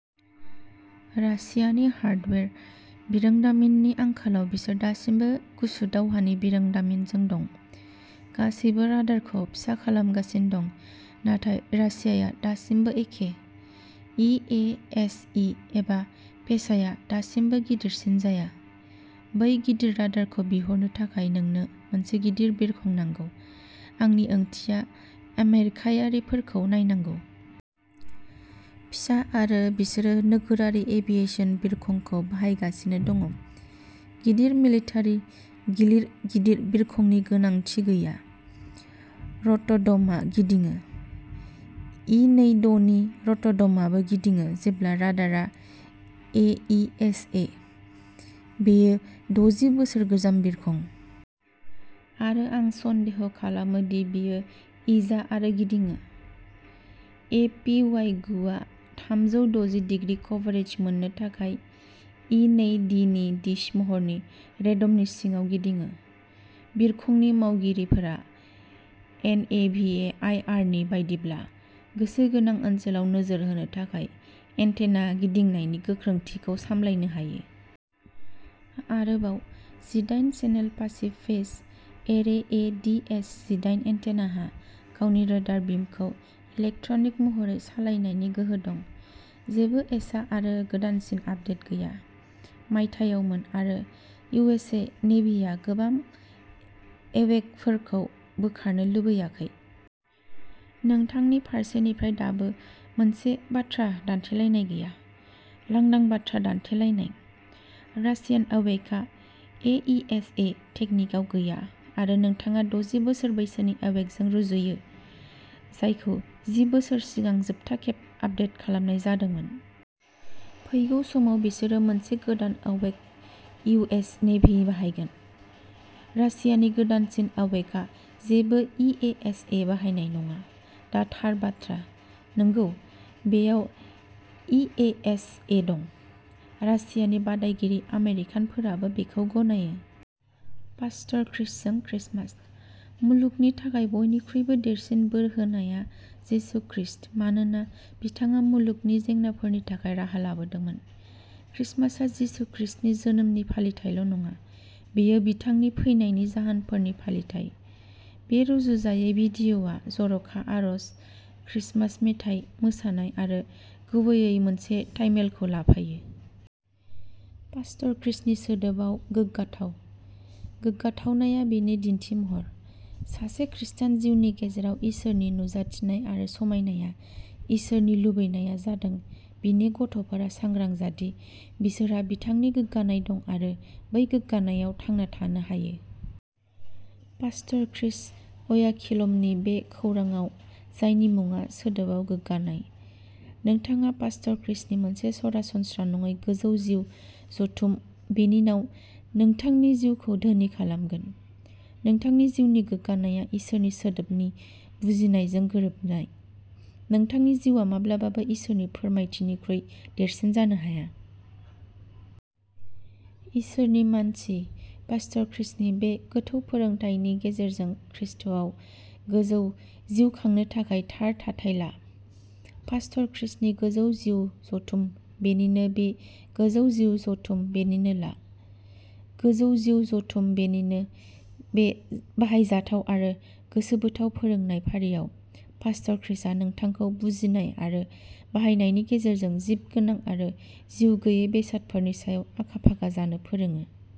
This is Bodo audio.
रासियानि हार्डवेर, बिरोंदामिननि आंखालाव बिसोर दासिमबो गुसु दावहानि बिरोंदामिनजों दं। गासैबो राडारखौ फिसा खालामगासिनो दं नाथाय रासिया दासिमबो एखे, इ ए एस इ एबा पेसाया दासिमबो गिदिरसिन जाया। बै गिदिर राडारखौ बिरहोनो थाखाय नोंनो मोनसे गिदिर बिरखं नांगौ, आंनि ओंथिया आमेरिकायारिफोरखौ नायनांगौ। फिसा आरो बिसोरो नोगोरारि एभियाटन बिरखंखौ बाहायगासिनो दं। गिदिर मिलिटारि गिलिर गिदिर बिरखंनि गोनांथि गैया। र'ट'ड'मआ गिदिङो। इ नै डिनि रटडमाबो गिदिङो जेब्ला राडारआ ए इ एस ए। बेयो दजि बोसोर गोजाम बिरखं। आरो आं सन्देह खालामो दि बियो इजा आरो गिदिङो। ए पि वाइ गु आ थामजौ दजि दिग्रि कभारेज मोननो थाखाय इ नै डिनि डिश महरनि रेड'मनि सिङाव गिदिङो, बिरखंनि मावगिरिफोरा एनएभिएआइआरनि बायदिब्ला गोसो गोनां ओनसोलाव नोजोर होनो थाखाय एन्टेना गिदिंनायनि गोख्रोंथिखौ सामलायनो हायो। आरोबाव, जिदाइन channel passive phase array A D S जिदाइन एन्टेनाहा गावनि राडार बिमखौ इलेक्ट्रनिक महरै सालायनायनि गोहो दं। जेबो एसा आरो गोदानसिन आपदेट गैया। मायथाइयावमोन, आरो इउएस नेभिआ गोबां एवेकफोरखौ बोखारनो लुबैयाखै। नोंथांनि फारसेनिफ्राय दाबो मोनसे बाथ्रा दान्थेलायनाय गैया, लांदां बाथ्रा दान्थेलायनाय। रासियान एवेकआ ए इ एस ए टेकनिकआव गैया आरो नोंथाङा दजि बोसोर बैसोनि एवेकजों रुजुयो, जायखौ जि बोसोर सिगां जोबथा खेब आपदेट खालामनाय जादोंमोन। फैगौ समाव बिसोरो मोनसे गोदान एवेक इउ एस नेभि बाहायगोन। रासियानि गोदानसिन एवेकआ जेबो इ ए एस ए बाहायनाय नङा, दा थार बाथ्रा। नंगौ, बेयाव ए इ एस ए दं। रासियानि बादायगिरि आमेरिकानफोराबो बेखौ गनायो। पास्टर क्रिसजों क्रिसमास। मुलुगनि थाखाय बयनिख्रुइबो देरसिन बोर होनायआ जिसु क्रिस्ट मानोना बिथाङा मुलुगनि जेंनाफोरनि थाखाय राहा लाबोदोंमोन। क्रिसमासआ जिसु क्रिस्टनि जोनोमनि फालिथायल'नङा बेयो बिथांनि फैनायनि जाहोनफोरनि फालिथाय। बे रुजुजायै भिडिय'आ जर'खा आरज, क्रिसमास मेथाइ, मोसानाय आरो गुबैयै मोनसे टाइमेलखौ लाफायो। पास्टर क्रिसनि सोदोबआव गोग्गाथाव। गोग्गाथावनाया बेनि दिन्थिमहर। सासे ख्रिस्टान जिउनि गेजेराव इसोरनि नुजाथिनाय आरो समायनाया। इसोरनि लुबैनाया जादों बिनि गथ'फोरा सांग्रां जा दि बिसोरहा बिथांनि गोग्गानाय दं आरो बै गोग्गानायआव थांना थानो हायो। पास्टर क्रिस अयाखिल'मनि बे खौरांआव जायनि मुङा सोदोबआव गोग्गानाय, नोंथाङा पास्टर क्रिसनि मोनसे सरासनस्रा नङै गोजौ जिउ जथुम बेनिनाव नोंथांनि जिउखौ धोनि खालामगोन। नोंथांनि जिउनि गोग्गानायआ इसोरनि सोदोबनि बुजिनायजों गोरोबनाय। नोंथांनि जिउआ माब्लाबाबो इसोरनि फोरमायथिनिख्रुइ देरसिन जानो हाया। इसोरनि मानसि पास्टर क्रिसनि बे गोथौ फोरोंथायनि गेजेरजों ख्रिस्ट’आव गोजौ जिउ खांनो थाखाय थार थाथाय ला। पास्टर क्रिसनि गोजौ जिउ जथुम बेनिन बि गोजौ जिउ जथुम बेनिन ला। गोजौ जिउ जथुम बेनिनो बे बाहायजाथाव आरो गोसोबोथाव फोरोंनाय फारिआव, पास्टर क्रिसआ नोंथांखौ बुजिनाय आरो बाहायनायनि गेजेरजों जिबगोनां आरो जिउगैयै बेसादफोरनि सायाव आखा-फाखा जानो फोरोङो।